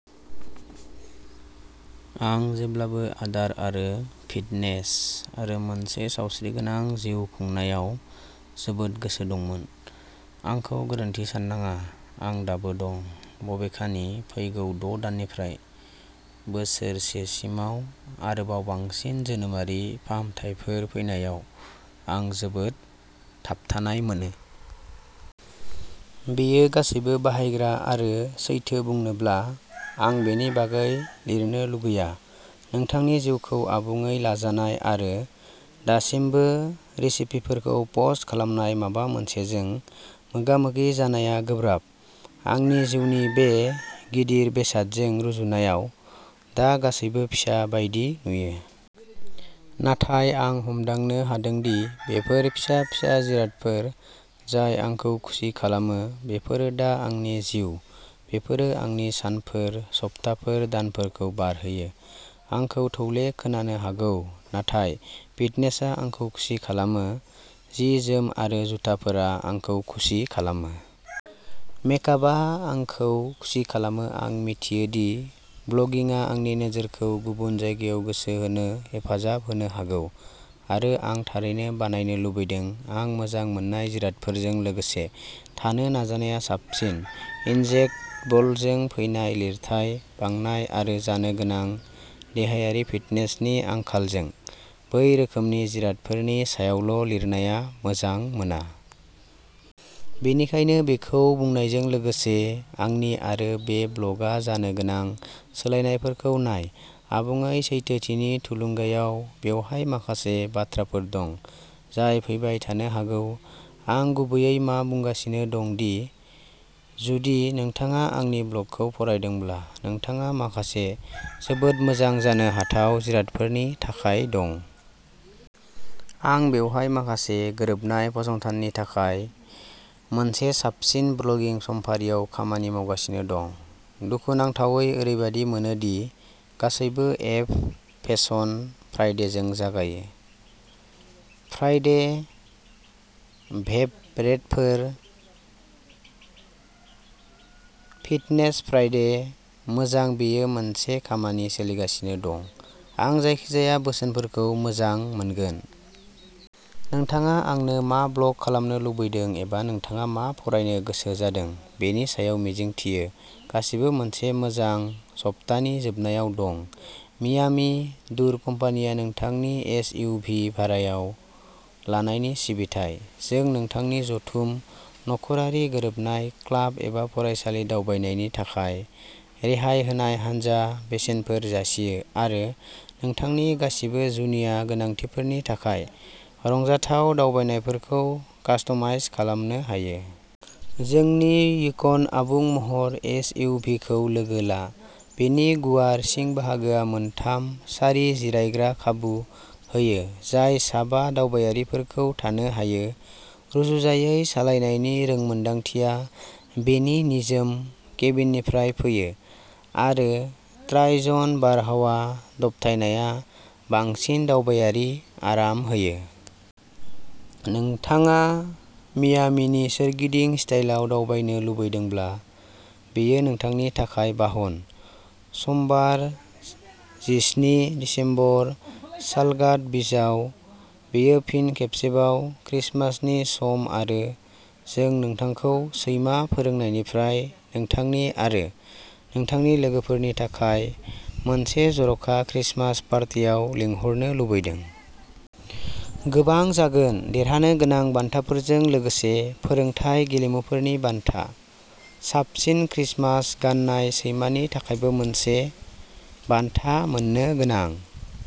आं जेब्लाबो आदार आरो फिटनेस आरो मोनसे सावस्रिगोनां जिउ खुंनायाव जोबोद गोसो दंमोन। आंखौ गोरोन्थि साननाङा, आं दाबो दं। बबेखानि, फैगौ द‘ दाननिफ्राय बोसोरसेसिमाव आरोबाव बांसिन जोनोमारि फाहामथायफोर फैनायाव, आं जोबोद थाबथानाय मोनो। बेयो गासैबो बाहायग्रा आरो सैथो बुंनोब्ला, आं बेनि बागै लिरनो लुगैया। नोंथांनि जिउखौ आबुङै लाजानाय आरो दासिमबो रेसिपिफोरखौ पस्ट खालामनाय माबा मोनसेजों मोगा-मोगि जानाया गोब्राब। आंनि जिउनि बे गिदिर बेसादजों रुजुनायाव दा गासैबो फिसा बायदि नुयो। नाथाय, आं हमदांनो हादों दि बेफोर फिसा फिसा जिरादफोर जाय आंखौ खुसि खालामो बेफोरो दा आंनि जिउ। बेफोरो आंनि सानफोर, सप्ताफोर, दानफोरखौ बारहोयो। आंखौ थौले खोनानो हागौ, नाथाय फिटनेसआ आंखौ खुसि खालामो। जि-जोम आरो जुथाफोरा आंखौ खुसि खालामो। मेकआपआ आंखौ खुसि खालामो आं मिथियो दि ब्लगिंआ आंनि नोजोरखौ गुबुन जायगायाव गोसो होनो हेफाजाब होनो हागौ आरो आं थारैनो बानायनो लुबैदों। आं मोजां मोननाय जिरादफोरजों लोगोसे थानो नाजानाया साबसिन। इनजेक्टेबलजों फैनाय लिरथाय बांनाय आरो जानो गोनां देहायारि फिटनेसनि आंखालजों, बै रोखोमनि जिरादफोरनि सायावल' लिरनाया मोजां मोना। बेनिखायनो बेखौ बुंनायजों लोगोसे, आंनि आरो बे ब्लगआ जानो गोनां सोलायनायफोरखौ नाय। आबुङै सैथोथिनि थुलुंगायाव बेवहाय माखासे बाथ्राफोर दं जाय फैबाय थानो हागौ। आं गुबैयै मा बुंगासिनो दं दि जुदि नोंथाङा आंनि ब्लगखौ फरायदोंब्ला नोंथाङा माखासे जोबोद मोजां जानो हाथाव जिरादफोरनि थाखाय दं। आं बेवहाय माखासे गोरोबनाय फसंथाननि थाखाय मोनसे साबसिन ब्लगिं समफारियाव खामानि मावगासिनो दं। दुखुनांथावै, ओरैबादि मोनो दि गासैबो एफ. फेसन फ्राइडेजों जागायो? फ्राइडे फेभरेटफोर? Fitness Friday? मोजां बेयो मोनसे खामानि सोलिगासिनो दं। आं जायखिजाया बोसोनफोरखौ मोजां मोनगोन। नोंथाङा आंनो मा ब्ल'ग खालामनो लुबैदों एबा नोंथाङा मा फरायनो गोसो जादों बेनि सायाव मिजिंथियो गासिबो मोनसे मोजां सप्तानि जोबनायाव दं मियामी टुर कम्पानिया नोंथांनि एस. इउ. भि. भारायाव लानायनि सिबिथाय। जों नोंथांनि जथुम, नखरारि गोरोबनाय, क्लाब एबा फरायसालि दावबायनायनि थाखाय रेहाय होनाय हानजा बेसेनफोर जासियो आरो नोंथांनि गासिबो जुनिया गोनांथिफोरनि थाखाय रंजाथाव दावबायनायफोरखौ कास्टमाइज खालामनो हायो। जोंनि युकन आबुं महर एस. इउ. भि. खौ लोगो ला। बेनि गुवार सिं बाहागोआ मोनथाम सारि जिरायग्रा खाबु होयो जाय सा बा दावबायारिफोरखौ थानो हायो। रुजुजायै सालायनायनि रोंमोनदांथिया बेनि निजोम केबिननिफ्राय फैयो, आरो ट्राइ-जन बारहावा दबथायनाया बांसिन दावबायारि आराम होयो। नोंथाङा मियामीनि सोरगिदिं स्टाइलआव दावबायनो लुबैदोंब्ला, बेयो नोंथांनि थाखाय बाहन। समबार जिस्नि दिसेम्बर सालगाड' बीचआव। बेयो फिन खेबसेबाव क्रिसमासनि सम आरो जों नोंथांखौ सैमा फोरोंनायनिफ्राय नोंथांनि आरो नोंथांनि लोगोफोरनि थाखाय मोनसे जर'खा क्रिसमास पार्टियाव लिंहरनो लुबैदों। गोबां जागोन। देरहानो गोनां बान्थाफोरजों लोगोसे फोरोंथाय गेलेमुफोरनि बान्था। साबसिन क्रिसमास गाननाय सैमानि थाखायबो मोनसे बान्था मोननो गोनां।